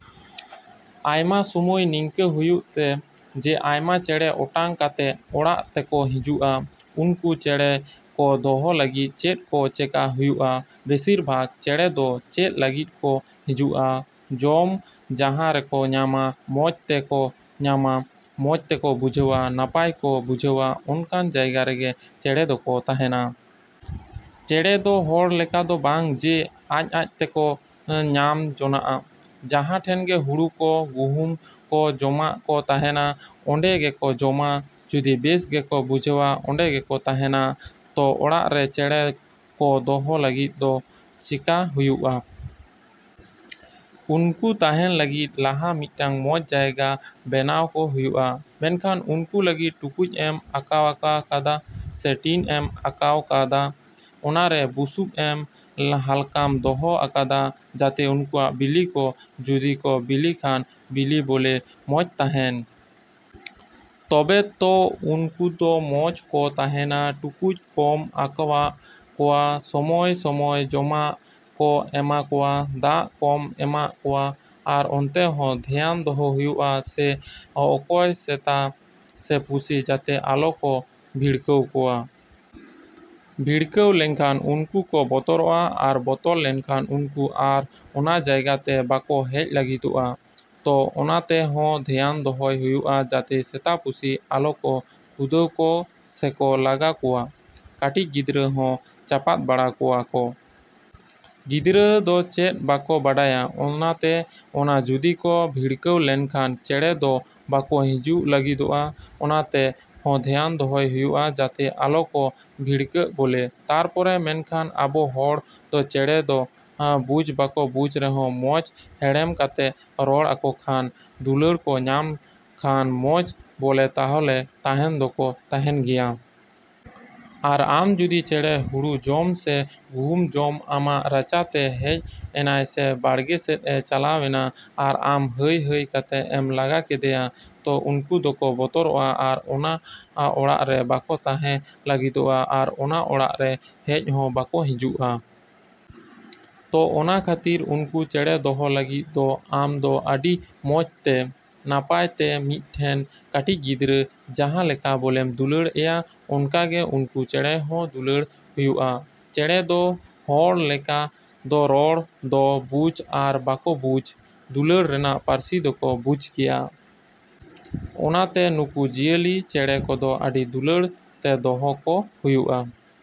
ᱟᱭᱢᱟ ᱥᱚᱢᱚᱭ ᱱᱤᱝᱠᱟᱹ ᱦᱩᱭᱩᱜ ᱛᱮ ᱡᱮ ᱟᱭᱢᱟ ᱪᱮᱸᱬᱮ ᱚᱴᱟᱝ ᱠᱟᱛᱮᱜ ᱚᱲᱟᱜ ᱛᱮᱠᱚ ᱦᱤᱡᱩᱜᱼᱟ᱾ ᱩᱱᱠᱩ ᱪᱮᱸᱬᱮ ᱠᱚ ᱫᱚᱦᱚ ᱞᱟᱹᱜᱤᱫ ᱪᱮᱫ ᱠᱚ ᱪᱮᱠᱟ ᱦᱩᱭᱩᱜᱼᱟ? ᱵᱮᱥᱤᱨ ᱵᱷᱟᱜᱽ ᱪᱮᱸᱬᱮ ᱫᱚ ᱪᱮᱫ ᱞᱟᱹᱜᱤᱫ ᱠᱚ ᱦᱤᱡᱩᱜᱼᱟ? ᱡᱚᱢ ᱡᱟᱦᱟᱸ ᱨᱮᱠᱚ ᱧᱟᱢᱟ, ᱢᱚᱡᱽ ᱛᱟᱦᱮᱸ ᱠᱚ ᱧᱟᱢᱟ, ᱢᱚᱡᱽ ᱠᱚ ᱵᱩᱡᱷᱟᱹᱣᱟ, ᱱᱟᱯᱟᱭ ᱠᱚ ᱵᱩᱡᱷᱟᱹᱣᱟ, ᱚᱱᱠᱟᱱ ᱡᱟᱭᱜᱟ ᱨᱮᱜᱮ ᱪᱮᱸᱬᱮ ᱫᱚᱠᱚ ᱛᱟᱦᱮᱱᱟ᱾ ᱪᱮᱸᱬᱮ ᱫᱚ ᱦᱚᱲ ᱞᱮᱠᱟ ᱫᱚ ᱵᱟᱝ ᱡᱮ ᱟᱡᱼᱟᱡ ᱛᱮᱠᱚ ᱧᱟᱢ ᱡᱚᱱᱟᱜᱼᱟ᱾ ᱡᱟᱦᱟᱸ ᱴᱷᱮᱱ ᱜᱮ ᱦᱩᱲᱩ ᱠᱚ, ᱜᱩᱦᱩᱢ ᱠᱚ, ᱡᱚᱢᱟᱜ ᱠᱚ ᱛᱟᱦᱮᱱᱟ, ᱚᱸᱰᱮ ᱜᱮᱠᱚ ᱡᱚᱢᱟ᱾ ᱡᱩᱫᱤ ᱵᱮᱥ ᱜᱮᱠᱚ ᱵᱩᱡᱷᱟᱹᱣᱟ, ᱚᱸᱰᱮ ᱜᱮᱠᱚ ᱛᱟᱦᱮᱱᱟ᱾ ᱛᱚ ᱚᱲᱟᱜ ᱨᱮ ᱪᱮᱸᱬᱮ ᱠᱚ ᱫᱚᱦᱚ ᱞᱟᱹᱜᱤᱫ ᱫᱚ ᱪᱮᱠᱟ ᱦᱩᱭᱩᱜᱼᱟ? ᱩᱱᱠᱩ ᱛᱟᱦᱮᱸ ᱞᱟᱹᱜᱤᱫ ᱞᱟᱦᱟ ᱢᱤᱫᱴᱮᱱ ᱢᱚᱡᱽ ᱡᱟᱭᱜᱟ ᱵᱮᱱᱟᱣ ᱠᱚ ᱦᱩᱭᱩᱜᱼᱟ᱾ ᱢᱮᱱᱠᱷᱟᱱ ᱩᱱᱠᱩ ᱞᱟᱹᱜᱤᱫ ᱴᱩᱠᱩᱡ ᱮᱢ ᱟᱠᱟᱣᱟᱜ ᱠᱟᱫᱟ ᱥᱮ ᱴᱤᱱ ᱮᱢ ᱟᱠᱟᱣᱟᱜ ᱠᱟᱫᱟ, ᱚᱱᱟᱨᱮ ᱵᱩᱥᱩᱵ ᱮᱢ ᱦᱟᱞᱠᱟᱢ ᱫᱚᱦᱚ ᱟᱠᱟᱫᱟ ᱡᱟᱛᱮ ᱩᱱᱠᱩᱣᱟᱜ ᱵᱤᱞᱤ ᱠᱚ ᱡᱩᱫᱤ ᱠᱚ ᱵᱤᱞᱤ ᱠᱷᱟᱱ ᱵᱤᱞᱤ ᱵᱚᱞᱮ ᱢᱚᱡᱽ ᱛᱟᱦᱮᱱ᱾ ᱛᱚᱵᱮ ᱛᱚ ᱩᱱᱠᱩ ᱫᱚ ᱢᱚᱡᱽ ᱠᱚ ᱛᱟᱦᱮᱱᱟ᱾ ᱴᱩᱠᱩᱡ ᱠᱚᱢ ᱟᱠᱟᱣᱟᱜ ᱠᱚᱣᱟ, ᱥᱚᱢᱚᱭᱼᱥᱚᱢᱚᱭ ᱡᱚᱢᱟᱜ ᱠᱚᱢ ᱮᱢᱟᱜ ᱠᱚᱣᱟ, ᱫᱟᱜ ᱠᱚᱢ ᱮᱢᱟᱜ ᱠᱚᱣᱟ ᱟᱨ ᱚᱱᱛᱮ ᱦᱚᱸ ᱫᱷᱮᱭᱟᱱ ᱫᱚᱦᱚ ᱦᱩᱭᱩᱜᱼᱟ ᱥᱮ ᱚᱠᱚᱭ ᱥᱮᱛᱟ ᱥᱮ ᱯᱩᱥᱤ ᱡᱟᱛᱮ ᱟᱞᱚ ᱠᱚ ᱵᱷᱤᱲᱠᱟᱹᱣ ᱠᱚᱣᱟ᱾ ᱵᱷᱤᱲᱠᱟᱹᱣ ᱞᱮᱱᱠᱷᱟᱱ ᱩᱱᱠᱩ ᱠᱚ ᱵᱚᱛᱚᱨᱚᱜᱼᱟ ᱟᱨ ᱵᱚᱛᱚᱨ ᱞᱮᱱᱠᱷᱟᱱ ᱩᱱᱠᱩ ᱟᱨ ᱚᱱᱟ ᱡᱟᱭᱜᱟ ᱛᱮ ᱵᱟᱠᱚ ᱦᱮᱡ ᱞᱟᱹᱜᱤᱫᱚᱜᱼᱟ᱾ ᱛᱚ ᱚᱱᱛᱮ ᱦᱚᱸ ᱫᱷᱮᱭᱟᱱ ᱫᱚᱦᱚᱭ ᱦᱩᱭᱩᱜᱼᱟ ᱡᱟᱛᱮ ᱥᱮᱛᱟ, ᱯᱩᱥᱤ ᱟᱞᱚ ᱠᱚ ᱠᱷᱩᱫᱟᱹᱣ ᱠᱚ ᱥᱮᱠᱚ ᱞᱟᱜᱟ ᱠᱚᱣᱟ᱾ ᱠᱟᱹᱴᱤᱡ ᱜᱤᱫᱽᱨᱟᱹ ᱦᱚᱸ ᱪᱟᱯᱟᱫ ᱵᱟᱲᱟ ᱠᱚᱣᱟ ᱠᱚ᱾ ᱜᱤᱫᱽᱨᱟᱹ ᱫᱚ ᱪᱮᱫ ᱵᱟᱠᱚ ᱵᱟᱰᱟᱭᱟ᱾ ᱚᱱᱟᱛᱮ ᱚᱱᱟ ᱡᱩᱫᱤ ᱠᱚ ᱵᱷᱤᱲᱠᱟᱹᱣ ᱞᱮᱱᱠᱷᱟᱱ ᱪᱮᱸᱬᱮ ᱫᱚ ᱵᱟᱠᱚ ᱦᱤᱡᱩᱜ ᱞᱟᱹᱜᱤᱫᱚᱜᱼᱟ᱾ ᱚᱱᱛᱮ ᱦᱚᱸ ᱫᱷᱮᱭᱟᱱ ᱫᱚᱦᱚᱭ ᱦᱩᱭᱩᱜᱼᱟ ᱡᱟᱛᱮ ᱟᱞᱚ ᱠᱚ ᱵᱷᱤᱲᱠᱟᱹᱜ ᱵᱚᱞᱮ᱾ ᱛᱟᱨᱯᱚᱨᱮ ᱢᱮᱱᱠᱷᱟᱱ ᱟᱵᱚ ᱦᱚᱲ ᱫᱚ ᱪᱮᱸᱬᱮ ᱫᱚ ᱵᱩᱡᱽ ᱵᱟᱠᱚ ᱵᱩᱡᱽ ᱨᱮᱦᱚᱸ ᱢᱚᱡᱽ ᱦᱮᱲᱮᱢ ᱠᱟᱛᱮᱜ ᱨᱚᱲ ᱟᱠᱚ ᱠᱷᱟᱱ, ᱫᱩᱞᱟᱹᱲ ᱠᱚ ᱧᱟᱢ ᱠᱷᱟᱱ ᱢᱚᱡᱽ ᱵᱚᱞᱮ ᱛᱟᱦᱞᱮ ᱛᱟᱦᱮᱱ ᱫᱚᱠᱚ ᱛᱟᱦᱮᱱ ᱜᱮᱭᱟ᱾ ᱟᱨ ᱟᱢ ᱡᱩᱫᱤ ᱪᱮᱸᱬᱮ ᱦᱩᱲᱩ ᱡᱚᱢ ᱥᱮ ᱜᱩᱦᱩᱢ ᱡᱚᱢ ᱟᱢᱟᱜ ᱨᱟᱪᱟ ᱛᱮ ᱦᱮᱡ ᱮᱱᱟᱭ ᱥᱮ ᱵᱟᱲᱜᱮ ᱥᱮᱫᱼᱮ ᱪᱟᱞᱟᱣᱮᱱᱟ ᱟᱨ ᱟᱢ ᱦᱟᱹᱭᱼᱦᱟᱹᱭ ᱠᱟᱛᱮᱫ ᱮᱢ ᱞᱟᱜᱟ ᱠᱮᱫᱮᱭᱟ, ᱛᱚ ᱩᱱᱠᱩ ᱫᱚᱠᱚ ᱵᱚᱛᱚᱨᱚᱜᱼᱟ ᱟᱨ ᱚᱱᱟ ᱚᱲᱟᱜ ᱨᱮ ᱵᱟᱠᱚ ᱛᱟᱦᱮᱸ ᱞᱟᱹᱜᱤᱫᱚᱜᱼᱟ ᱟᱨ ᱚᱱᱟ ᱚᱲᱟᱜ ᱨᱮ ᱦᱮᱡ ᱦᱚᱸ ᱵᱟᱠᱚ ᱦᱤᱡᱩᱜᱼᱟ᱾ ᱛᱚ ᱚᱱᱟ ᱠᱷᱟᱹᱛᱤᱨ ᱩᱱᱠᱩ ᱪᱮᱸᱬᱮ ᱫᱚᱦᱚ ᱞᱟᱹᱜᱤᱫ ᱫᱚ ᱟᱢ ᱫᱚ ᱟᱹᱰᱤ ᱢᱚᱡᱽ ᱛᱮ, ᱱᱟᱯᱟᱭ ᱛᱮ ᱢᱤᱫᱴᱮᱱ ᱠᱟᱹᱴᱤᱡ ᱜᱤᱫᱽᱨᱟᱹ ᱡᱟᱦᱟᱸ ᱞᱮᱠᱟ ᱵᱚᱞᱮᱢ ᱫᱩᱞᱟᱹᱲ ᱮᱭᱟ ᱚᱱᱠᱟ ᱜᱮ ᱩᱱᱠᱩ ᱪᱮᱸᱬᱮ ᱦᱚᱸ ᱫᱩᱞᱟᱹᱲ ᱦᱩᱭᱩᱜᱼᱟ᱾ ᱪᱮᱸᱬᱮ ᱫᱚ ᱦᱚᱲ ᱞᱮᱠᱟ ᱫᱚ ᱨᱚᱲ ᱫᱚ ᱵᱩᱡᱽ ᱟᱨ ᱵᱟᱠᱚ ᱵᱩᱡᱽ, ᱫᱩᱞᱟᱹᱲ ᱨᱮᱱᱟᱜ ᱯᱟᱹᱨᱥᱤ ᱫᱚᱠᱚ ᱵᱩᱡᱽ ᱜᱮᱭᱟ᱾ ᱚᱱᱟ ᱛᱮᱜᱮ ᱱᱩᱠᱩ ᱡᱤᱭᱟᱹᱞᱤ ᱪᱮᱸᱬᱮ ᱠᱚᱫᱚ ᱟᱹᱰᱤ ᱫᱩᱞᱟᱹᱲ ᱛᱮ ᱫᱚᱦᱚ ᱠᱚ ᱦᱩᱭᱩᱜᱼᱟ᱾।